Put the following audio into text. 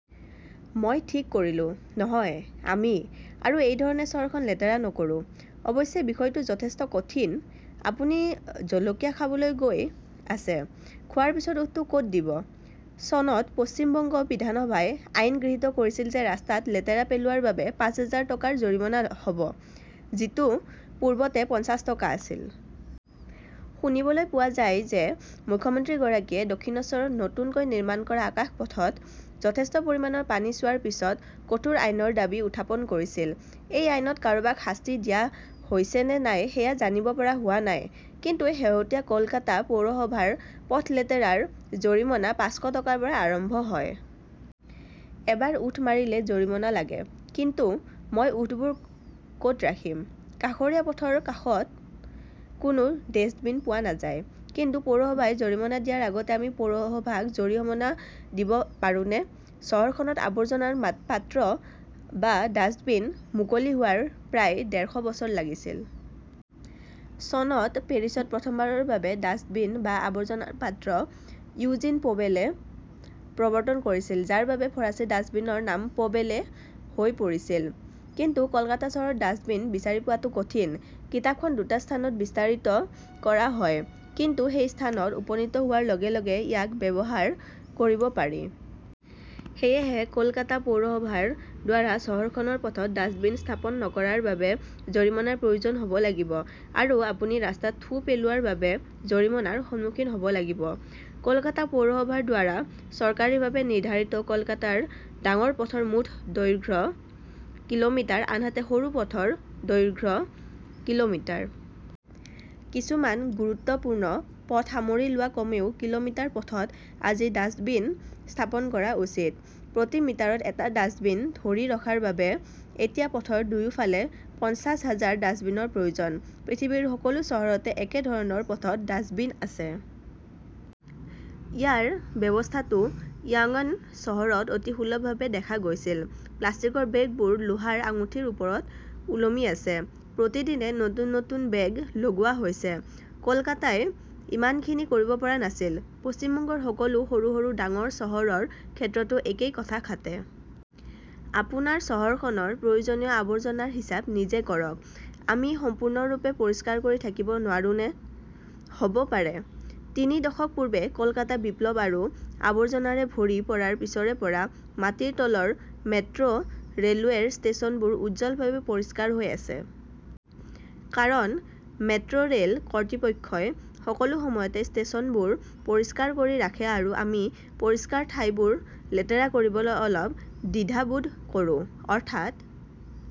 মই ঠিক কৰিলো, নহয়, আমি আৰু এই ধৰণে চহৰখন লেতেৰা নকৰো। অৱশ্যে, বিষয়টো যথেষ্ট কঠিন। আপুনি জলকীয়া খাবলৈ গৈ আছে, খোৱাৰ পিছত ওঁঠটো ক "ত দিব? চনত পশ্চিম বংগ বিধানসভাই আইন গৃহীত কৰিছিল যে ৰাস্তাত লেতেৰা পেলোৱাৰ বাবে পাঁচ হাজাৰ টকাৰ জৰিমনা হ 'ব, যিটো পূৰ্বতে পঞ্চাশ টকা আছিল। শুনিবলৈ পোৱা যায় যে মুখ্যমন্ত্ৰীগৰাকীয়ে দক্ষিণশ্বৰত নতুনকৈ নিৰ্মাণ কৰা আকাশপথত যথেষ্ট পৰিমাণৰ পানী চোৱাৰ পিছত কঠোৰ আইনৰ দাবী উত্থাপন কৰিছিল। এই আইনত কাৰোবাক শাস্তি দিয়া হৈছে নে নাই সেয়া জানিব পৰা হোৱা নাই, কিন্তু শেহতীয়া কলকাতা পৌৰসভাৰ পথ লেতেৰাৰ জৰিমনা পাঁচশ টকাৰ পৰা আৰম্ভ হয়। এবাৰ ওঁঠ মাৰিলে জৰিমনা লাগে। কিন্তু মই ওঁঠবোৰ ক "ত ৰাখিম? কাষৰীয়া পথৰ কাষত কোনো ডেষ্টবিন পোৱা নাযায়। কিন্তু পৌৰসভাই জৰিমনা দিয়াৰ আগতে আমি পৌৰসভাক জৰিমনা দিব পাৰোঁনে? চহৰখনত আৱৰ্জনাৰ পাত্ৰ বা ডাস্টবিন মুকলি হোৱাৰ প্ৰায় ডেৰশ বছৰ লাগিছিল। চনত পেৰিছত প্ৰথমবাৰৰ বাবে ডাস্টবিন বা আৱৰ্জনাৰ পাত্ৰ ইউজিন পোবেলে প্ৰৱৰ্তন কৰিছিল যাৰ বাবে ফৰাচী ডাস্টবিনৰ নাম প 'বেলে হৈ পৰিছিল। কিন্তু কলকাতা চহৰত ডাস্টবিন বিচাৰি পোৱাটো কঠিন। কিতাপখন দুটা স্থানত বিস্তাৰিত কৰা হয়, কিন্তু সেই স্থানত উপনীত হোৱাৰ লগে লগে ইয়াক ব্যৱহাৰ কৰিব পাৰি। সেয়েহে কলকাতা পৌৰসভাৰ দ্বাৰা চহৰখনৰ পথত ডাষ্টবিন স্থাপন নকৰাৰ বাবে জৰিমনাৰ প্ৰয়োজন হ 'ব লাগিব আৰু আপুনি ৰাস্তাত থু পেলোৱাৰ বাবে জৰিমনাৰ সন্মুখীন হ' ব লাগিব। কলকাতা পৌৰসভাৰ দ্বাৰা চৰকাৰীভাৱে নিৰ্ধাৰিত কলকাতাৰ ডাঙৰ পথৰ মুঠ দৈৰ্ঘ্য কিলোমিটাৰ, আনহাতে সৰু পথৰ দৈৰ্ঘ্য কিলোমিটাৰ। কিছুমান গুৰুত্বপূৰ্ণ পথ সামৰি লোৱা কমেও কিলোমিটাৰ পথত আজি ডাস্টবিন স্থাপন কৰা উচিত। প্ৰতি মিটাৰত এটা ডাস্টবিন ধৰি ৰখাৰ বাবে এতিয়া পথৰ দুয়োফালে পঞ্চাশ হাজাৰ ডাস্টবিনৰ প্ৰয়োজন। পৃথিৱীৰ সকলো চহৰতে একে ধৰণৰ পথত ডাস্টবিন আছে। ইয়াৰ ব্যৱস্থাটো ইয়াংন চহৰত অতি সুলভভাৱে দেখা গৈছিল। প্লাষ্টিকৰ বেগবোৰ লোহাৰ আঙুঠিৰ ওপৰত ওলমি আছে, প্ৰতিদিনে নতুন নতুন বেগ লগোৱা হৈছে। কলকাতাই ইমানখিনি কৰিব পৰা নাছিল। পশ্চিম বংগৰ সকলো সৰু সৰু ডাঙৰ চহৰৰ ক্ষেত্ৰতো একেই কথা খাটে। আপোনাৰ চহৰখনৰ প্ৰয়োজনীয় আৱৰ্জনাৰ হিচাপ নিজে কৰক। আমি সম্পূৰ্ণৰূপে পৰিষ্কাৰ হৈ থাকিব নোৱাৰোঁনে? হ 'ব পাৰে। তিনি দশক পূৰ্বে কলকাতা বিপ্লৱ আৰু আৱৰ্জনাৰে ভৰি পৰাৰ পিছৰে পৰা মাটিৰ তলৰ মেট্ৰ' ৰে 'লৱেৰ ষ্টেচনবোৰ উজ্জ্বলভাৱে পৰিষ্কাৰ হৈ আছে। কাৰণ মেট্ৰ "ৰে" ল কৰ্তৃপক্ষই সকলো সময়তে ষ্টেচনবোৰ পৰিষ্কাৰ কৰি ৰাখে আৰু আমি পৰিষ্কাৰ ঠাইবোৰ লেতেৰা কৰিবলৈ অলপ দ্বিধাবোধ কৰোঁ। অৰ্থাৎ,